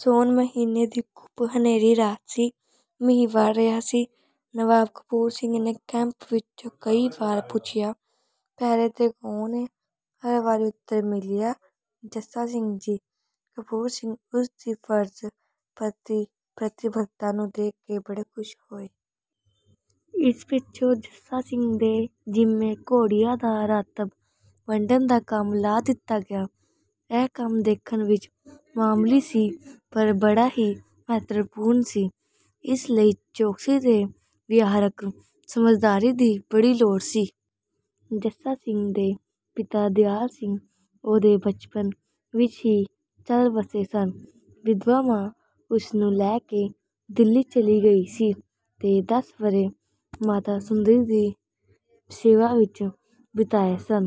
ਸੌਣ ਮਹੀਨੇ ਦੀ ਘੁੱਪ ਹਨੇਰੀ ਰਾਤ ਸੀ। ਮੀਂਹ ਵਰ੍ਹ ਰਿਹਾ ਸੀ। ਨਵਾਬ ਕਪੂਰ ਸਿੰਘ ਨੇ ਕੈਂਪ ਵਿੱਚੋਂ ਕਈ ਵਾਰ ਪੁੱਛਿਆ, "ਪਹਿਰੇ 'ਤੇ ਕੌਣ ਏ?" ਹਰ ਵਾਰੀ ਉਤਰ ਮਿਲਿਆ, "ਜੱਸਾ ਸਿੰਘ ਜੀ।" ਕਪੂਰ ਸਿੰਘ ਉਸ ਦੀ ਫਰਜ਼ ਪ੍ਰਤੀ ਪ੍ਰਤੀਬੱਧਤਾ ਨੂੰ ਦੇਖ ਕੇ ਬੜੇ ਖੁਸ਼ ਹੋਏ। ਇਸ ਪਿੱਛੋਂ ਜੱਸਾ ਸਿੰਘ ਦੇ ਜ਼ਿੰਮੇਂ ਘੋੜਿਆਂ ਦਾ ਰਾਤਬ ਵੰਡਣ ਦਾ ਕੰਮ ਲਾ ਦਿੱਤਾ ਗਿਆ। ਇਹ ਕੰਮ ਦੇਖਣ ਵਿੱਚ ਮਾਮੂਲੀ ਸੀ ਪਰ ਬੜਾ ਹੀ ਮਹੱਤਵਪੂਰਨ ਸੀ। ਇਸ ਲਈ ਚੌਕਸੀ ਤੇ ਵਿਹਾਰਕ ਸਮਝਦਾਰੀ ਦੀ ਬੜੀ ਲੋੜ ਸੀ। ਜੱਸਾ ਸਿੰਘ ਦੇ ਪਿਤਾ ਦਿਆਲ ਸਿੰਘ ਉਹਦੇ ਬਚਪਨ ਵਿੱਚ ਹੀ ਚੱਲ ਵੱਸੇ ਸਨ। ਵਿਧਵਾ ਮਾਂ ਉਸਨੂੰ ਲੈ ਕੇ ਦਿੱਲੀ ਚਲੀ ਗਈ ਸੀ ਤੇ ਦਸ ਵਰ੍ਹੇ ਮਾਤਾ ਸੁੰਦਰੀ ਦੀ ਸੇਵਾ ਵਿੱਚ ਬਿਤਾਏ ਸਨ।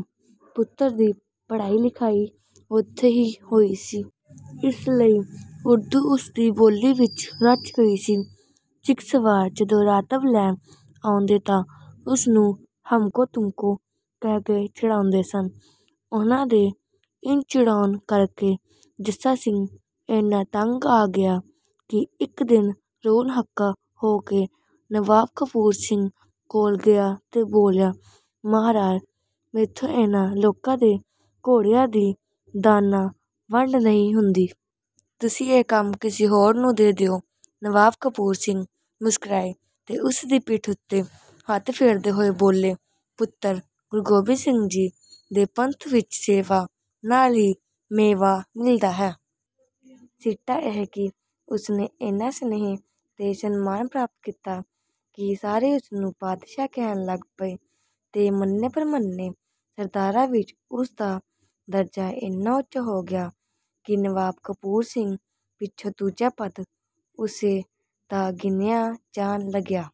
ਪੁੱਤਰ ਦੀ ਪੜ੍ਹਾਈ ਲਿਖਾਈ ਉੱਥੇ ਹੀ ਹੋਈ ਸੀ। ਇਸ ਲਈ ਉਰਦੂ ਉਸ ਦੀ ਬੋਲੀ ਵਿੱਚ ਰਚ ਗਈ ਸੀ। ਸਿੱਖ ਸਵਾਰ ਜਦੋਂ ਰਾਤਬ ਲੈਣ ਆਉਂਦੇ ਤਾਂ ਉਸ ਨੂੰ 'ਹਮਕੋ-ਤੁਮਕੋ' ਕਹਿ ਕੇ ਚਿੜਾਉਂਦੇ ਸਨ। ਉਹਨਾਂ ਦੇ ਇੰਜ ਚਿੜਾਉਣ ਕਰਕੇ ਜੱਸਾ ਸਿੰਘ ਏਨਾ ਤੰਗ ਆ ਗਿਆ ਕਿ ਇੱਕ ਦਿਨ ਰੋਣ ਹਾਕਾ ਹੋ ਕੇ ਨਵਾਬ ਕਪੂਰ ਸਿੰਘ ਕੋਲ ਗਿਆ ਤੇ ਬੋਲਿਆ, "ਮਹਾਰਾਜ ਮੈਥੋਂ ਇਹਨਾਂ ਲੋਕਾਂ ਦੇ ਘੋੜਿਆਂ ਦੀ ਦਾਨਾ ਵੰਡ ਨਹੀਂ ਹੁੰਦੀ। ਤੁਸੀਂ ਇਹ ਕੰਮ ਕਿਸੇ ਹੋਰ ਨੂੰ ਦੇ ਦਿਓ।" ਨਵਾਬ ਕਪੂਰ ਸਿੰਘ ਮੁਸਕਰਾਏ ਤੇ ਉਸਦੀ ਪਿੱਠ ਉੱਤੇ ਹੱਥ ਫੇਰਦੇ ਹੋਏ ਬੋਲੇ, "ਪੁੱਤਰ ਗੁਰੂ ਗੋਬਿੰਦ ਸਿੰਘ ਜੀ ਦੇ ਪੰਥ ਵਿੱਚ ਸੇਵਾ ਨਾਲ ਹੀ ਮੇਵਾ ਮਿਲਦਾ ਹੈ। ਸਿੱਟਾ ਇਹ ਕਿ ਉਸਨੇ ਏਨਾ ਸਨੇਹ ਤੇ ਸਨਮਾਨ ਪ੍ਰਾਪਤ ਕੀਤਾ ਕਿ ਸਾਰੇ ਉਸਨੂੰ 'ਬਾਦਸ਼ਾਹ' ਕਹਿਣ ਲੱਗ ਪਏ ਤੇ ਮੰਨੇ-ਪ੍ਰਮੰਨੇ ਸਰਦਾਰਾਂ ਵਿੱਚ ਉਸਦਾ ਦਰਜਾ ਏਨਾ ਉੱਚਾ ਹੋ ਗਿਆ ਕਿ ਨਵਾਬ ਕਪੂਰ ਸਿੰਘ ਪਿੱਛੋਂ ਦੂਜਾ ਪਦ ਉਸੇ ਦਾ ਗਿਣਿਆਂ ਜਾਣ ਲੱਗਿਆ।